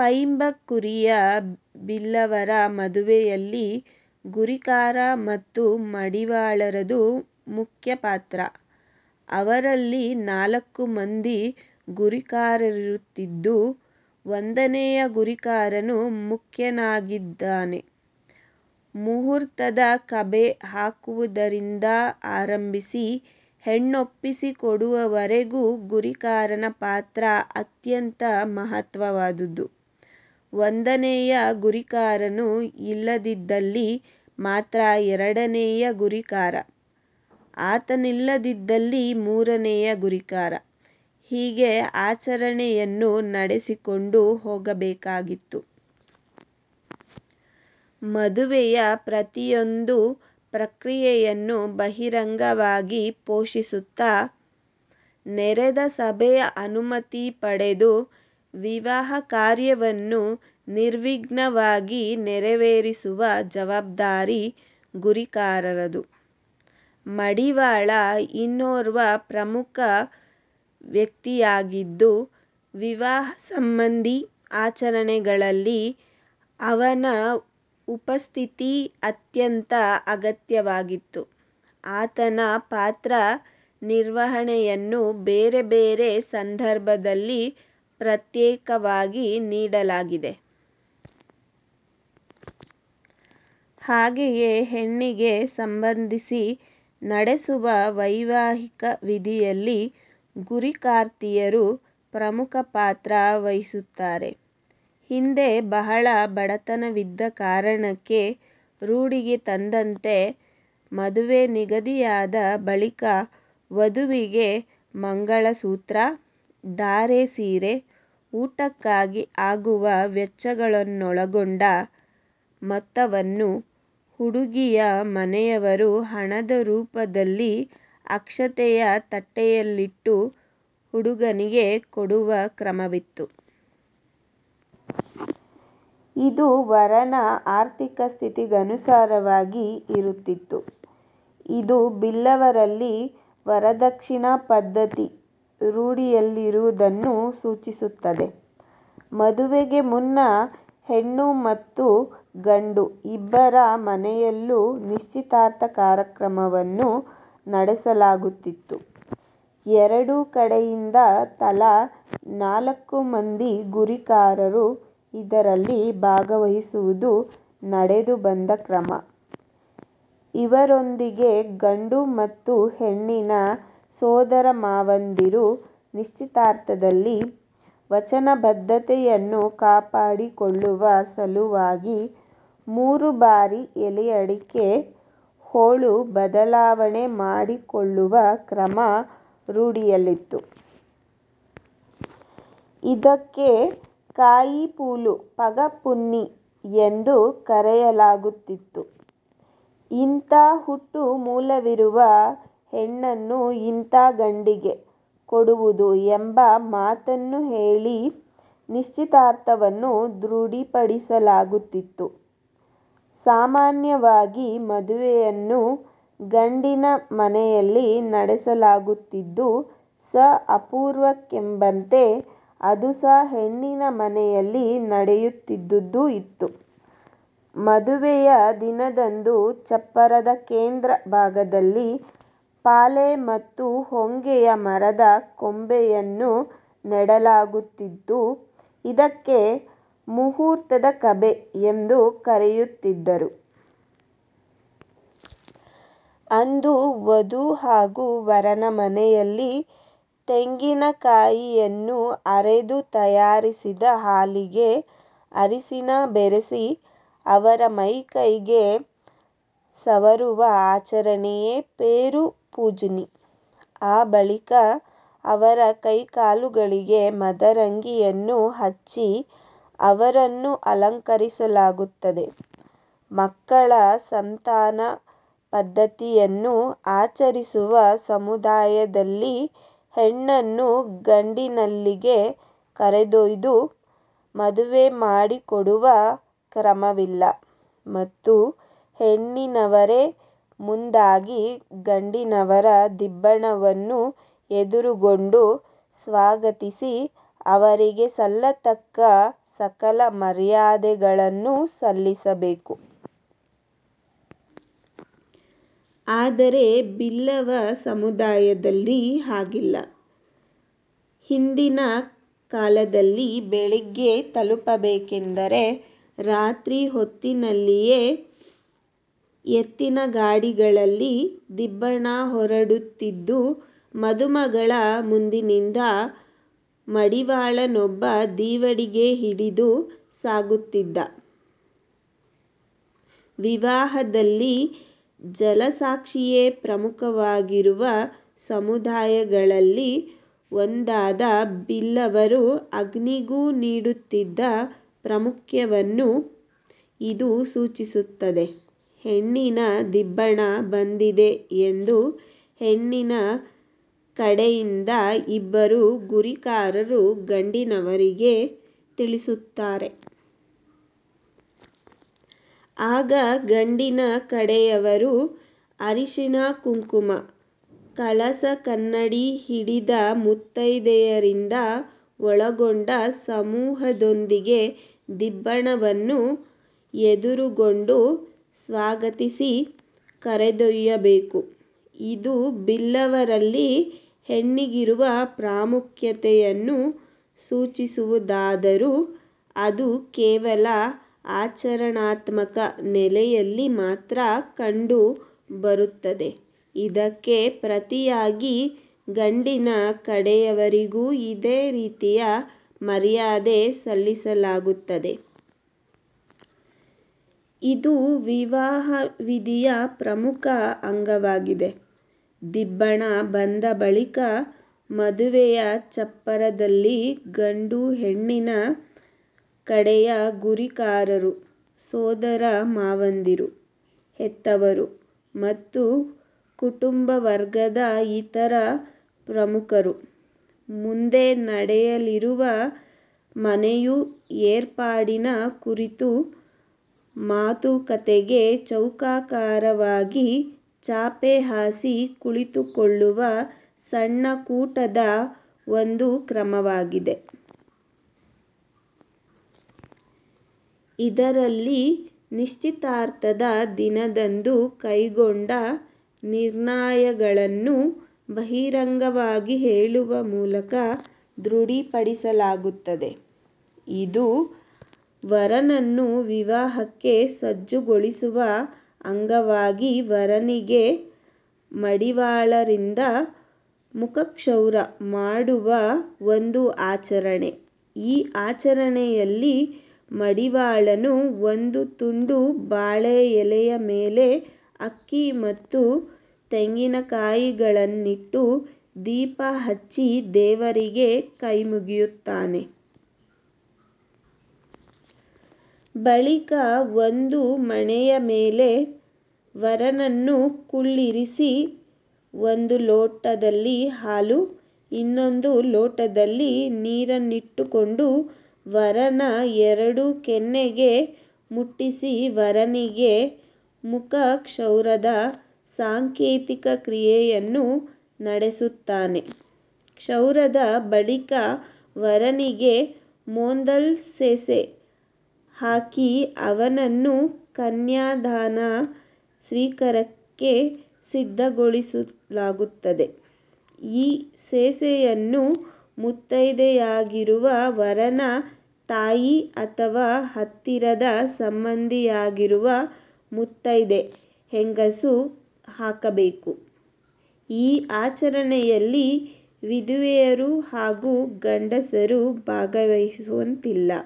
ಪೈಂಬ ಕುರಿಯ, ಬಿಲ್ಲವರ ಮದುವೆಯಲ್ಲಿ ಗುರಿಕಾರ ಮತ್ತು ಮಡಿವಾಳರದು ಪ್ರಮುಖ ಪಾತ್ರ. ಅವರಲ್ಲಿ ನಾಲ್ಕು ಮಂದಿ ಗುರಿಕಾರರಿರುತ್ತಿದ್ದು, ಒಂದನೆಯ ಗುರಿಕಾರನು ಮುಖ್ಯನಾಗಿದ್ದಾನೆ. ಮುಹೂರ್ತದ ಕಬೆ ಹಾಕುವುದರಿಂದ ಆರಂಭಿಸಿ, ಹೆಣ್ಣೊಪ್ಪಿಸಿ ಕೊಡುವವರೆಗೂ ಗುರಿಕಾರನ ಪಾತ್ರ ಅತ್ಯಂತ ಮಹತ್ವದ್ದು. ಒಂದನೆಯ ಗುರಿಕಾರನು ಇಲ್ಲದಿದ್ದಲ್ಲಿ ಮಾತ್ರ ಎರಡನೆಯ ಗುರಿಕಾರ, ಆತನಿಲ್ಲದಿದ್ದಲ್ಲಿ ಮೂರನೆಯ ಗುರಿಕಾರ ಹೀಗೆ ಆಚರಣೆಗಳನ್ನು ನಡೆಸಿಕೊಂಡು ಹೋಗಬೇಕಾಗಿತ್ತು. ಮದುವೆಯ ಪ್ರತಿಯೊಂದು ಪ್ರಕ್ರಿಯೆಯನ್ನು ಬಹಿರಂಗವಾಗಿ ಘೋಷಿಸುತ್ತ ನೆರೆದ ಸಭೆಯ ಅನುಮತಿ ಪಡೆದು ವಿವಾಹ ಕಾರ್ಯವನ್ನು ನಿರ್ವಿಘ್ನವಾಗಿ ನೆರೆವೇರಿಸುವ ಜವಾಬ್ದಾರಿ ಗುರಿಕಾರರದು. ಮಡಿವಾಳ ಇನ್ನೋರ್ವ ಪ್ರಮುಖ ವ್ಯಕ್ತಿಯಾಗಿದ್ದು, ವಿವಾಹ ಸಂಬಂಧಿ ಆಚರಣೆಗಳಲ್ಲಿ ಅವನ ಉಪಸ್ಥಿತಿ ಅತ್ಯಂತ ಅಗತ್ಯದ್ದಾಗಿತ್ತು. ಆತನ ಪಾತ್ರ ನಿರ್ವಹಣೆಯನ್ನು ಬೇರೆ ಬೇರೆ ಸಂದರ್ಭಗಳಲ್ಲಿ ಪ್ರತ್ಯೇಕವಾಗಿ ನೀಡಲಾಗಿದೆ. ಹಾಗೆಯೇ ಹೆಣ್ಣಿಗೆ ಸಂಬಂಧಿಸಿ ನಡೆಸುವ ವೈವಾಹಿಕ ವಿಧಿಗಳಲ್ಲಿ ಗುರಿಕಾರ್ತಿಯರು ಪ್ರಮುಖ ಪಾತ್ರ ವಹಿಸುತ್ತಾರೆ. ಹಿಂದೆ ಬಹಳ ಬಡತನವಿದ್ದ ಕಾರಣಕ್ಕೆ ರೂಢಿಗೆ ತಂದಂತೆ ಮದುವೆ ನಿಗದಿಯಾದ ಬಳಿಕ ವಧುವಿಗೆ ಮಂಗಲಸೂತ್ರ, ಧಾರೆಸೀರೆ, ಊಟಕ್ಕಾಗಿ ಆಗುವ ವೆಚ್ಚವನ್ನೊಳಗೊಂಡ ಮೊತ್ತವನ್ನು ಹುಡುಗಿಯ ಮನೆಯವರು ಹಣದ ರೂಪದಲ್ಲಿ ಅಕ್ಷತೆಯ ತಟ್ಟೆಯಲ್ಲಿಟ್ಟು ಹುಡುಗನಿಗೆ ಕೊಡುವ ಕ್ರಮವಿತ್ತು. ಇದು ವರನ ಆರ್ಥಿಕ ಸ್ಥಿತಿಗನುಸಾರವಾಗಿ ಇರುತ್ತಿತ್ತು. ಇದು ಬಿಲ್ಲವರಲ್ಲಿ ವರದಕ್ಷಿಣ ಪದ್ದತಿ ರೂಢಿಯಲ್ಲಿದ್ದುದನ್ನು ಸೂಚಿಸುತ್ತದೆ. ಮದುವೆಗೆ ಮುನ್ನ ಹೆಣ್ಣು ಮತ್ತು ಗಂಡು ಇಬ್ಬರ ಮನೆಯಲ್ಲೂ ನಿಶ್ಚಿತಾರ್ಥ ಕಾರ್ಯಕ್ರಮವನ್ನು ನಡೆಸಲಾಗುತ್ತಿತ್ತು. ಎರಡೂ ಕಡೆಯಿಂದ ತಲಾ ನಾಲ್ಕು ಮಂದಿ ಗುರಿಕಾರರು ಇದರಲ್ಲಿ ಭಾಗವಹಿಸುವುದು ನಡೆದುಬಂದ ಕ್ರಮ. ಇವರೊಂದಿಗೆ ಗಂಡು ಮತ್ತು ಹೆಣ್ಣಿನ ಸೋದರಮಾವಂದಿರು ನಿಶ್ಚಿತಾರ್ಥದಲ್ಲಿ ವಚನಬದ್ಧತೆಯನ್ನು ಕಾಪಾಡಿಕೊಳ್ಳುವ ಸಲುವಾಗಿ ಮೂರು ಬಾರಿ ಎಲೆ ಅಡಿಕೆ ಹೋಳು ಬದಲಾವಣೆ ಮಾಡಿಕೊಳ್ಳುವ ಕ್ರಮ ರೂಢಿಯಲ್ಲಿತ್ತು. ಇದಕ್ಕೆ "ಕಾಯಿ ಪೂಲು ಪಗಪ್ಪುನಿ" ಎಂದು ಕರೆಯಲಾಗುತ್ತಿತ್ತು. "ಇಂಥ ಹುಟ್ಟುಮೂಲವಿರುವ ಹೆಣ್ಣನ್ನು ಇಂಥ ಗಂಡಿಗೆ ಕೊಡುವುದು" ಎಂಬ ಮಾತನ್ನು ಹೇಳಿ ನಿಶ್ಚಿತಾರ್ಥವನ್ನು ದೃಢೀಪಡಿಸಲಾಗುತ್ತಿತ್ತು. ಸಾಮಾನ್ಯವಾಗಿ ಮದುವೆಯನ್ನು ಗಂಡಿನ ಮನೆಯಲ್ಲಿ ನಡೆಸಲಾಗುತ್ತಿದ್ದು, ಸ ಅಪೂರ್ವಕ್ಕೆಂಬಂತೆ ಅದುಸ ಹೆಣ್ಣಿನ ಮನೆಯಲ್ಲಿ ನಡೆಯುತ್ತಿದ್ದುದೂ ಇತ್ತು. ಮದುವೆಯ ದಿನದಂದು ಚಪ್ಪರದ ಕೇಂದ್ರ ಭಾಗದಲ್ಲಿ ಪಾಲೆ ಮತ್ತು ಹೊಂಗೆಯ ಮರದ ಕೊಂಬೆಯನ್ನು ನೆಡಲಾಗುತ್ತಿದ್ದು, ಇದಕ್ಕೆ "ಮುಹೂರ್ತದ ಕಬೆ" ಎಂದು ಕರೆಯುತ್ತಿದ್ದರು. ಅಂದು ವಧು ಹಾಗೂ ವರನ ಮನೆಯಲ್ಲಿ ತೆಂಗಿನ ಕಾಯಿಯನ್ನು ಅರೆದು ತಯಾರಿಸಿದ ಹಾಲಿಗೆ ಅರಸಿನ ಬೆರೆಸಿ ಅವರ ಮೈ ಕೈಗಳಿಗೆ ಸವರುವ ಆಚರಣೆಯೇ "ಪೇರು ಪೂಜುನಿ" ಆ ಬಳಿಕ ಅವರ ಕೈಕಾಲುಗಳಿಗೆ ಮದರಂಗಿಯನ್ನು ಹಚ್ಚಿ ಅವರನ್ನು ಅಲಂಕರಿಸಲಾಗುತ್ತದೆ. ಮಕ್ಕಳ ಸಂತಾನ ಪದ್ಧತಿಯನ್ನು ಆಚರಿಸುವ ಸಮುದಾಯಗಳಲ್ಲಿ ಹೆಣ್ಣನ್ನು ಗಂಡಿನಲ್ಲಿಗೆ ಕರೆದೊಯ್ದು ಮದುವೆ ಮಾಡಿಕೊಡುವ ಕ್ರಮವಿಲ್ಲ ಮತ್ತು ಹೆಣ್ಣಿನವರೇ ಮುಂದಾಗಿ ಗಂಡಿನವರ ದಿಬ್ಬಣವನ್ನು ಎದುರುಗೊಂಡು ಸ್ವಾಗತಿಸಿ, ಅವರಿಗೆ ಸಲ್ಲತಕ್ಕ ಸಕಲ ಮರ್ಯಾದೆಗಳನ್ನೂ ಸಲ್ಲಿಸಬೇಕು. ಆದರೆ ಬಿಲ್ಲವ ಸಮುದಾಯದಲ್ಲಿ ಹಾಗಿಲ್ಲ. ಹಿಂದಿನ ಕಾಲದಲ್ಲಿ ಬೆಳಿಗ್ಗೆ ತಲುಪಬೇಕಾದರೆ ರಾತ್ರಿ ಹೊತ್ತಿನಲ್ಲಿಯೇ ಎತ್ತಿನ ಗಾಡಿಗಳಲ್ಲಿ ದಿಬ್ಬಣ ಹೊರಡುತ್ತಿದ್ದು, ಮದುಮಗಳ ಮುಂದಿನಿಂದ ಮಡಿವಾಳನೊಬ್ಬ ದೀವಡಿಗೆ ಹಿಡಿದು ಸಾಗುತ್ತಿದ್ದ. ವಿವಾಹದಲ್ಲಿ ಜಲಸಾಕ್ಷಿಯೇ ಪ್ರಮುಖವಾಗಿರುವ ಸಮುದಾಯಗಳಲ್ಲಿ ಒಂದಾದ ಬಿಲ್ಲಿವರು ಅಗ್ನಿಗೂ ನೀಡುತ್ತಿದ್ದ ಪ್ರಾಮುಖ್ಯವನ್ನು ಇದು ಸಚಿಸುತ್ತದೆ. ಹೆಣ್ಣಿನ ದಿಬ್ಬಣ ಬಂದಿದೆ ಎಂದು ಹೆಣ್ಣಿನ ಕಡೆಯ ಇಬ್ಬರು ಗುರಿಕಾರರು ಗಂಡಿನವರಿಗೆ ತಿಳಿಸುತ್ತಾರೆ. ಆಗ ಗಂಡಿ ಕಡೆಯವರು ಅರಶಿನ-ಕುಂಕುಮ, ಕಲಶಕನ್ನಡಿ ಹಿಡಿದ ಮುತ್ತೈದೆಯರಿಂದ ಒಳಗೊಂಡ ಸಮೂಹದೊಂದಿಗೆ ದಿಬ್ಬಣ್ಣವನ್ನು ಎದುರುಗೊಂಡು ಸ್ವಾಗತಿಸಿ, ಕರೆದೊಯ್ಯಬೇಕು. ಇದು ಬಿಲ್ಲವರಲ್ಲಿ ಹೆಣ್ಣಿಗಿರುವ ಪ್ರಾಮುಖ್ಯತೆಯನ್ನು ಸೂಚಿಸುವುದಾದರೂ ಅದು ಕೇವಲ ಆಚರಣಾತ್ಮಕ ನೆಲೆಯಲ್ಲಿ ಮಾತ್ರ ಕಂಡು ಬರುತ್ತದೆ. ಇದಕ್ಕೆ ಪ್ರತಿಯಾಗಿ ಗಂಡಿನ ಕಡೆಯವರಿಗೂ ಇದೇ ರೀತಿಯ ಮರ್ಯಾದೆ ಸಲ್ಲಿಸಲಾಗುತ್ತದೆ. ಇದು ವಿವಾಹ ವಿಧಿಯ ಪ್ರಮುಖ ಅಂಗವಾಗಿದೆ. ದಿಬ್ಬಣ ಬಂದ ಬಳಿಕ ಮದುವೆಯ ಚಪ್ಪರದಲ್ಲಿ ಗಂಡು-ಹೆಣ್ಣಿನ ಕಡೆಯ ಗುರಿಕಾರರು, ಸೋದರ ಮಾವಂದಿರು, ಹೆತ್ತವರು ಮತ್ತು ಕುಟುಂಬ ವರ್ಗದ ಇತರ ಪ್ರಮುಖರು ಮುಂದೆ ನಡೆಯಲಿರುವ ಮನೆಯು ಏರ್ಪಾಡಿನ ಕುರಿತು ಮಾತುಕತೆಗೆ ಚೌಕಾಕಾರವಾಗಿ ಚಾಪೆ ಹಾಸಿ ಕುಳಿತುಕೊಳ್ಳುವ ಸಣ್ಣ ಕೂಟದ ಒಂದು ಕ್ರಮವಾಗಿದೆ. ಇದರಲ್ಲಿ ನಿಶ್ಷಿತಾರ್ಥದ ದಿನದಂದು ಕೈಗೊಂಡ ನಿರ್ಣಯಗಳನ್ನು ಬಹಿರಂಗವಾಗಿ ಹೇಳುವ ಮೂಲಕ ದೃಢೀಪಡಿಸಲಾಗುತ್ತದೆ. ಇದು ವರನನ್ನು ವಿವಾಹಕ್ಕೆ ಸಜ್ಜುಗೊಳಿಸುವ ಅಂಗವಾಗಿ ವರನಿಗೆ ಮಡಿವಾಳರಿಂದ ಮುಖಕ್ಷೌರ ಮಾಡಿಸುವ ಒಂದು ಆಚರಣೆ. ಈ ಆಚರಣೆಯಲ್ಲಿ ಮಡಿವಾಳನು ಒಂದು ತುಂಡು ಬಾಳೆ ಎಲೆಯ ಮೇಲೆ ಅಕ್ಕಿ ಮತ್ತು ತೆಂಗಿನಕಾಯಿಗಳನ್ನಿಟ್ಟು ದೀಪ ಹಚ್ಚಿ ದೇವರಿಗೆ ಕೈಮುಗಿಯುತ್ತಾನೆ. ಬಳಿಕ ಒಂದು ಮಣೆಯ ಮೇಲೆ ವರನನ್ನು ಕುಳ್ಳಿರಿಸಿ ಒಂದು ಲೋಟದಲ್ಲಿ ಹಾಲು ಇನ್ನೊಂದು ಲೋಟದಲ್ಲಿ ನೀರನ್ನಿಟ್ಟುಕೊಂಡು ವರನ ಎರಡೂ ಕೆನ್ನೆಗೆ ಮುಟ್ಟಿಸಿ ವರನಿಗೆ ಮುಖ ಕ್ಷೌರದ ಸಾಂಕೇತಕ ಕ್ರಿಯೆಯನ್ನು ನಡೆಸುತ್ತಾನೆ. ಕ್ಷೌರದ ಬಳಿಕ ವರನಿಗೆ ಮೋಂದಲ್ ಸೇಸೆ ಹಾಕಿ ಅವನನ್ನು ಕನ್ಯಾದಾನ ಸ್ವೀಕಾರಕ್ಕೆ ಸಿದ್ಧಗೊಳಿಸಲಾಗುತ್ತದೆ. ಈ ಸೇಸೆಯನ್ನು ಮುತ್ತೈದೆಯಾಗಿರುವ ವರನ ತಾಯಿ ಅಥವಾ ಹತ್ತಿರದ ಸಂಬಂಧಿಯಾಗಿರುವ ಮುತ್ತೈದೆ ಹೆಂಗಸು ಹಾಕಬೇಕು. ಈ ಆಚರಣೆಯಲ್ಲಿ ವಿಧವೆಯರು ಹಾಗೂ ಗಂಡಸರು ಭಾಗವಹಿಸುವಂತಿರಲಿಲ್ಲ.